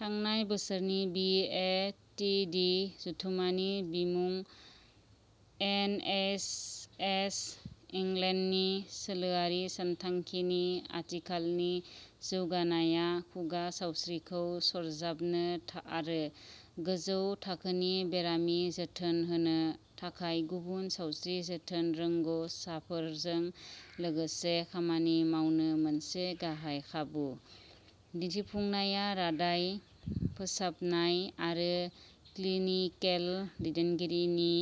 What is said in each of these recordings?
थांनाय बोसोरनि बिएडिटि जथुम्मानि बिमुं एनएइचएस इंलेन्डनि सोलोआरि सानथांखिनि आथिखालनि जौगानायआ खुगा सावस्रिखौ सरजाबनो आरो गोजौ थाखोनि बेरामि जोथोन होनो थाखाय गुबुन सावस्रि जोथोन रोंग' साफोरजों लोगोसे खामानि मावनो मोनसे गाहाय खाबु। दिन्थिफुंनाया रादाय फोसाबनाय आरो क्लिनिकेल दैदेनगिरिनि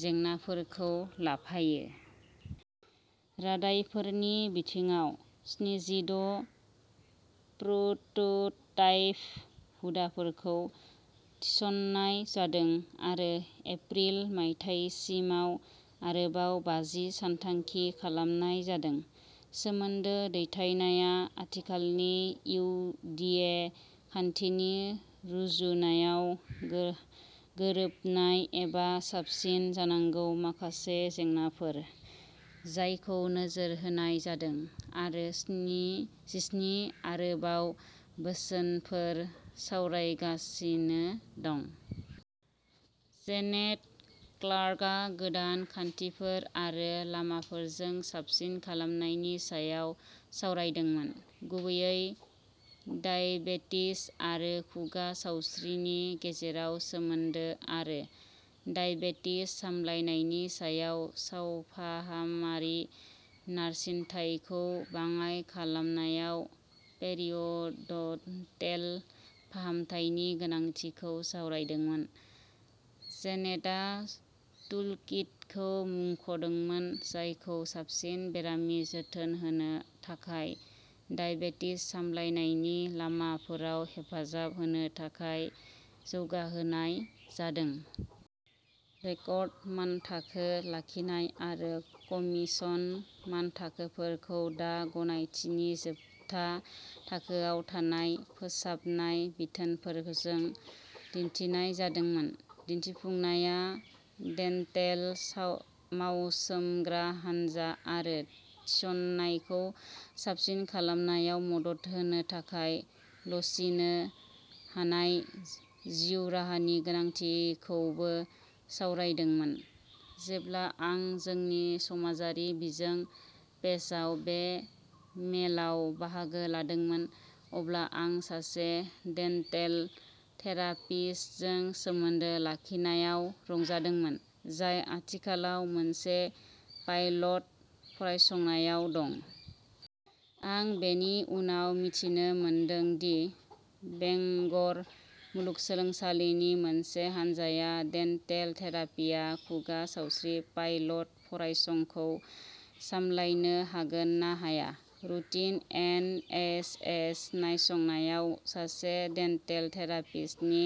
जेंनाफोरखौ लाफायो। रादायफोरनि बिथिङाव, स्निजिद' प्रोटोटाइप हुदाफोरखौ थिसननाय जादों आरो एप्रिल मायथाइसिमाव आरोबाव बाजि सानथांखि खालामनाय जादों। सोमोन्दो दैथायनाया आथिखालनि इउडिए खान्थिनि रुजुनायाव गो गोरोबनाय एबा साबसिन जानांगौ माखासे जेंनाफोर, जायखौ नोजोर होनाय जादों, आरो स्नि जिस्नि आरोबाव बोसोनफोर सावरायजागासिनो दं। जेनेट क्लार्कआ गोदान खान्थिफोर आरो लामाफोरजों साबसिन खालामनायनि सायाव सावरायदोंमोन, गुबैयै दाइबेटिस आरो खुगा सावस्रिनि गेजेराव सोमोन्दो, आरो दाइबेटिस सामलायनायनि सायाव सावफाहामारि नारसिनथायखौ बाङाइ खालामनायाव पेरिय'डन्टेल फाहामथायनि गोनांथिखौ सावरायदोंमोन। जेनेटआ टुलकिटखौ मुंख'दोंमोन, जायखौ साबसिन बेरामि जोथोन होनो थाखाय दाइबेटिस सामलायनायनि लामाफोराव हेफाजाब होनो थाखाय जौगाहोनाय जादों। रेकर्ड मानथाखो लाखिनाय आरो कमीशन मानथाखोफोरखौ दा गनायथिनि जोबथा थाखोआव थानाय फोसाबनाय बिथोनफोरजों दिन्थिनाय जादोंमोन। दिन्थिफुंनाया डेन्टेल मावसोमग्रा हानजा आरो थिसननायखौ साबसिन खालामनायाव मदद होनो थाखाय लचिनो हानाय जिउ राहानि गोनांथिखौबो सावरायदोंमोन। जेब्ला आं जोंनि समाजारि बिजों पेजआव बे मेलाव बाहागो लादोंमोन, अब्ला आं सासे डेन्टेल थेरापिस्टजों सोमोन्दो लाखिनायाव रंजादोंमोन, जाय आथिखालाव मोनसे पाइलट फरायसंनायाव दं। आं बेनि उनाव मिथिनो मोनदों दि बेंगर मुलुगसोलोंसालिनि मोनसे हानजाया डेन्टेल थेरापिआ खुगा सावस्रि पाइलट फरायसंखौ सामलायनो हागोन ना हाया, रुटिन एन एच एस नायसंनायाव सासे डेन्टेल थेरापिस्टनि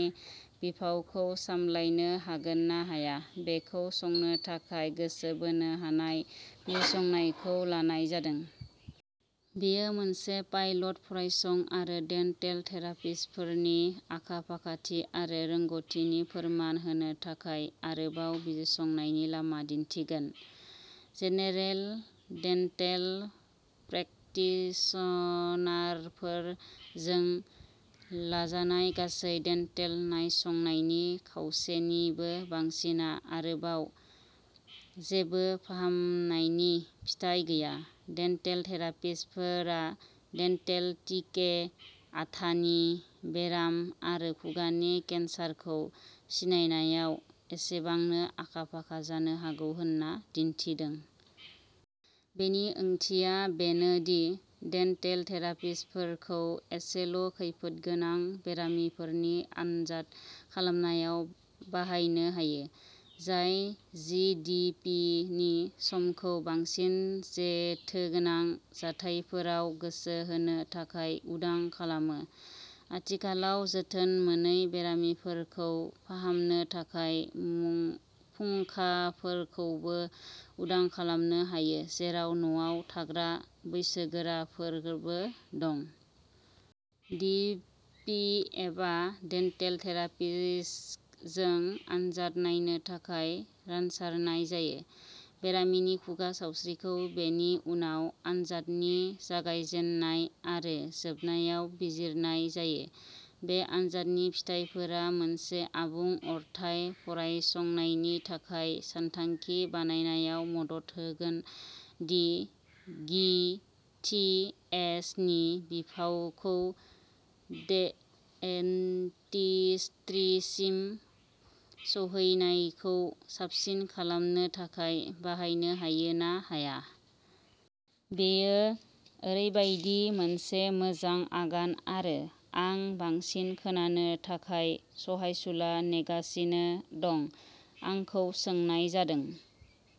बिफावखौ सामलायनो हागोन ना हाया, बेखौ संनो थाखाय गोसो बोनो हानाय बिजिरसंनायखौ लानाय जादों। बेयो मोनसे पाइलट फरायसं आरो डेन्टेल थेरापिस्टफोरनि आखा-फाखाथि आरो रोंग'थिनि फोरमान होनो थाखाय आरोबाव बिजिरसंनायनि लामा दिन्थिगोन। जेनेरेल डेन्टेल प्रेकटिशनारफोर जों लाजानाय गासै डेन्टेल नायसंनायनि खावसेनिबो बांसिनआ आरोबाव जेबो फाहामनायनि फिथाय गैया। डेन्टेल थेरापिस्टफोरा डेन्टेल डिके, आथानि बेराम आरो खुगानि केन्सारखौ सिनायनायाव एसेबांनो आखा-फाखा जानो हागौ होनना दिन्थिदों। बेनि ओंथिया बेनो दि डेन्टेल थेरापिस्टफोरखौ एसेल' खैफोदगोनां बेरामिफोरनि आनजाद खालामनायाव बाहायनो हायो, जाय जि डि पि नि समखौ बांसिन जेथोगोनां जाथायफोराव गोसो होनो थाखाय उदां खालामो। आथिखालाव जोथोन मोनै बेरामिफोरखौ फाहामनो थाखाय मुं फुंखाफोरखौबो उदां खालामनो हायो, जेराव न'आव थाग्रा बैसोगोराफोरगोबो दं। डि पि एबा डेन्टेल थेरापिस्टजों आनजाद नायनो थाखाय रानसारनाय जायो, बेरामिनि खुगा सावस्रिखौ बेनि उनाव आनजादनि जागायजेन्नाय आरो जोबनायाव बिजिरनाय जायो। बे आनजादनि फिथायफोरा मोनसे आबुं अरथाय फरायसंनायनि थाखाय सानथांखि बानायनायाव मदद होगोन दि गि थि एस नि बिफावखौ डेन्टिस्ट्रीसिम सौहैनायखौ साबसिन खालामनो थाखाय बाहायनो हायो ना हाया। बेयो ओरैबायदि मोनसे मोजां आगान आरो आं बांसिन खोनानो थाखाय सहायसुला नेगासिनो दं। आंखौ सोंनाय जादों।